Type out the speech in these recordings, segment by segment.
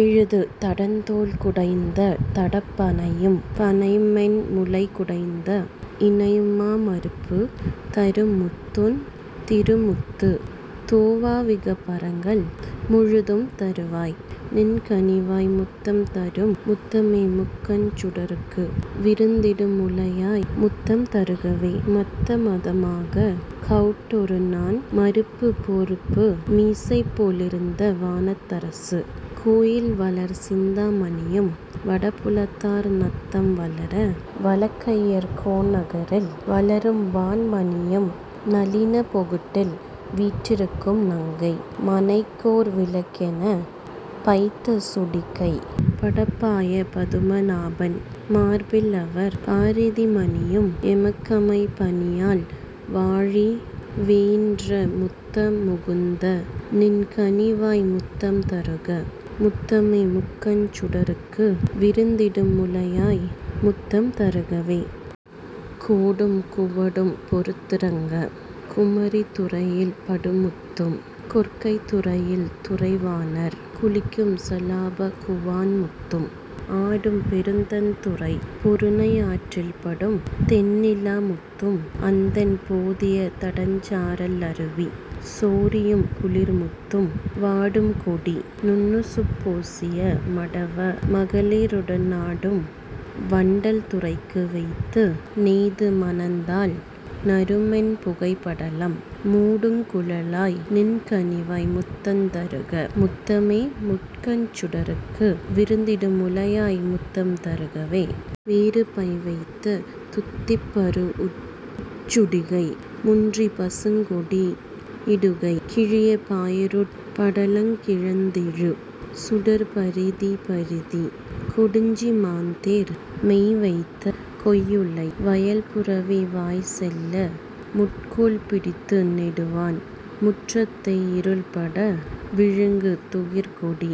எழுது தடந்தோட் குடைந்ததடம் பணையும் பணைமென் முலைக்குடைந்த இணைமா மருப்புந் தருமுத்துன் டிருமுத் தொவ்வா விகபரங்கள் முழுதுந் தருவாய் நின்கனிவாய் முத்தந் தருக முத்தமே முக்கட் சுடர்க்கு விருந்திடுமும் முலையாய் முத்தந் தருகவே. மத்த மதமாக் கவுட்டொருநான் மருப்புப் பொருப்பு மிசைப்பொலிந்த வானத் தரசு கோயில்வளர் சிந்தா மணியும் வடபுலத்தார் நத்தம் வளர வளகையர்கோ னகரில் வளரும் வான்மணியும் நளினப் பொகுட்டில் வீற்றிருக்கு நங்கை மனைக்கோர் விளக்கமெனப் பைத்த சுடிகைப் படப்பாயற் பதுமநாபன் மார்பில்வளர் பரிதி மணியு மெமக்கம்மை பணியல் வாழி வேயீன்ற முத்த முகுந்த நின்கனிவாய் முத்தந் தருக முத்தமே முக்கட் சுடர்க்கு விருந்திடுமும் முலையாய்முத்தந் தருகவே. கோடுங் குவடும் பொருதரங்கக் குமரித் துறையிற் படுமுத்தும் கொற்கைத் துறையிற் றுறைவாணர் குளிக்குஞ் சலாபக் குவான்முத்தும் ஆடும் பெருந்தண் டுறைப்பொருநை யாற்றிற் படுதெண் ணிலாமுத்தும் அந்தண் பொதியத் தடஞ்சார லருவி சொரியுங் குளிர்முத்தும் வாடுங் கொடிநுண் ணுசுப்பொசிய மடவ மகளி ருடனாடும் வண்டற் றுறைக்கு வைத்துநெய்த்து மணந்தாழ் நறுமென் புகைப்படலம் மூடுங் குழலாய் நின்கனிவாய் முத்தந் தருக முத்தமே முக்கட் சுடர்க்கு விருந்திடுமும் முலையாய் முத்தந் தருகவே. வேறு பைவைத்த துத்திப் பரூஉச்சுடிகை முன்றிற் பசுங்கொடி யுடுக்கை கிழியப் பாயிருட் படலங் கிழித்தெழு சுடர்ப்பரிதி பரிதிக் கொடிஞ்சி மான்றேர் மொய்வைத்த கொய்யுளை வயப்புரவி வாய்ச்செல்ல முட்கோல் பிடித்து நெடுவான் முற்றத்தை யிருள்பட விழுங்குந் துகிற்கொடி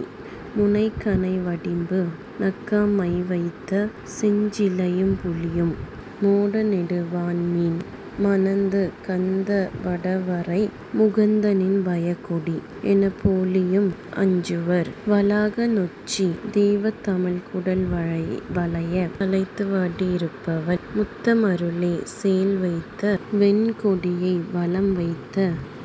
முனைக்கணை வடிம்பு நக்கா மைவைத்த செஞ்சிலையு மம்புலியு மோடநெடு வான்மீன் மணந்து கந்த வடவரை முகந்தநின் வயக்கொடி யெனப்பொலியு மஞ்சிவர் வளாக நொச்சித் தெய்வத் தமிழ்க்கூட றழையத் தழைத்தவ டிருப்பவள முத்த மருளே சேல்வைத்த வொண்கொடியை வலம்வைத்த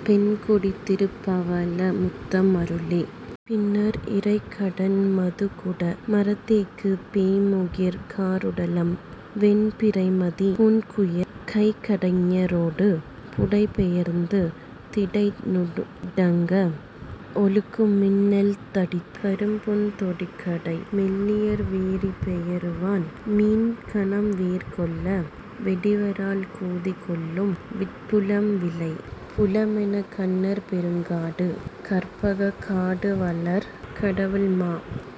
பெண்கொடி திருப்பவள முத்த மருளே. பின்னற் றிறைக்கடன் மதுக்குட மறத்தேக்கு பெய்முகிற் காருடலம் வெண் பிறைமதிக் கூன்குயக் கைக்கடைஞ ரொடுபுடை பெயர்ந்திடை நுடங்க வொல்கு மின்னற் றடித்துக் கரும்பொற்றொடிக்கடைசி மெல்லியர் வெரீஇப் பெயரவான் மீன்கணம் வெருக்கொள்ள வெடிவரால் குதிகொள்ளும் விட்புலம் விளை புலமெனக் கன்னற் பெருங்காடு கற்பகக் காட்டுவளர் கடவுண்மா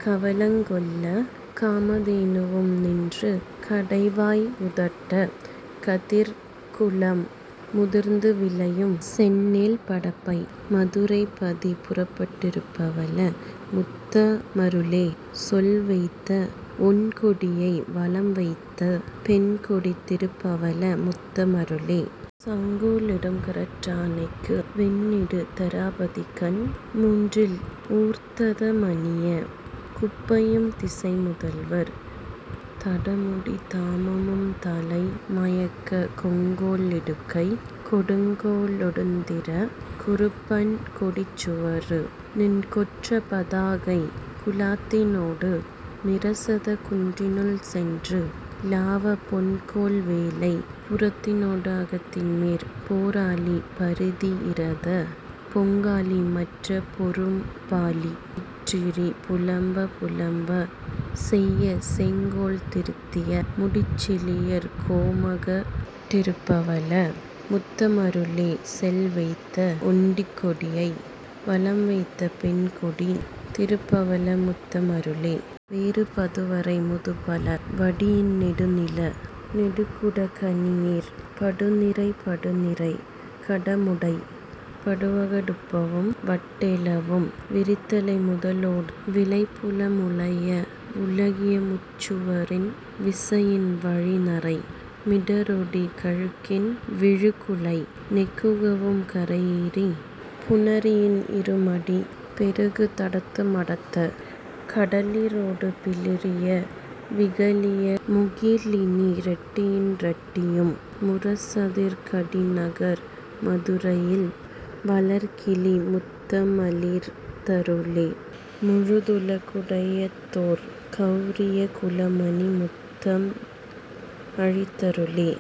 கவளங் கொளக் காமதே னுவுநின்று கடைவாய் குதட்டக் கதிர்க்குலை முதிர்ந்து விளையுஞ் செந்நெற் படப்பைமது ரைப்பதி புரப்பவ டிருப்பவள முத்த மருளே சேல்வைத்த வொண்கொடியை வலம்வைத்த பெண்கொடி திருப்பவள முத்த மருளே. சங்கோ லிடுங்கடற் றானைக்கு வெந்நிடு தராபதிகண் முன்றிறூர்த்த தமனியக் குப்பையுந் திசைமுதல்வர் தடமுடித் தாமமுந் தலைம யங்கக் கொங்கோ லிடுங்கைக் கொடுங்கோ லொடுந்திரி குறும்பன் கொடிச்சுறவு நின் கொற்றப் பதாகைக் குழாத்தினொடு மிரசதக் குன்றினுஞ் சென்று லாவப் பொன்கோல வேலைப் புறத்தினொ டகத்தினிமிர் போராழி பரிதி யிரதப் பொங்காழி மற்றப் பொருப்பாழி யிற்றிரி புலம்பப் புலம்பு செய்யச் செங்கோ றிருத்திய முடிச்செழியர் கோமக டிருப்பவள முத்த மருளே சேல்வைத்த வொண்கொடியை வலம்வைத்த பெண்கொடி திருப்பவள முத்த மருளே. வேறு பருவரை முதுபல வடியினி னெடுநில நெக்ககு டக்கனியிற் படுநறை படுநிறை கடமுடை படுவக டுப்பவு வட்டெழவும் விரிதலை முதலொடு விளைபுல முலையவு ழக்கிய முட்சுறவின் விசையினின் வழிநறை மிடறொடி கமுகின்வி ழுக்குலை நெக்குகவும் கரையெறி புணரியி னிருமடி பெருகுத டத்தும டுத்தமடக் களிறொடு பிளிறிய விகலிய முகிலினி ரட்டியி ரட்டியமும் முரசதிர் கடிநகர் மதுரையில் வளர்கிளி முத்தம ளித்தருளே முழுதுல குடையதொர் கவுரியர் குலமணி முத்தம ளித்தருளே.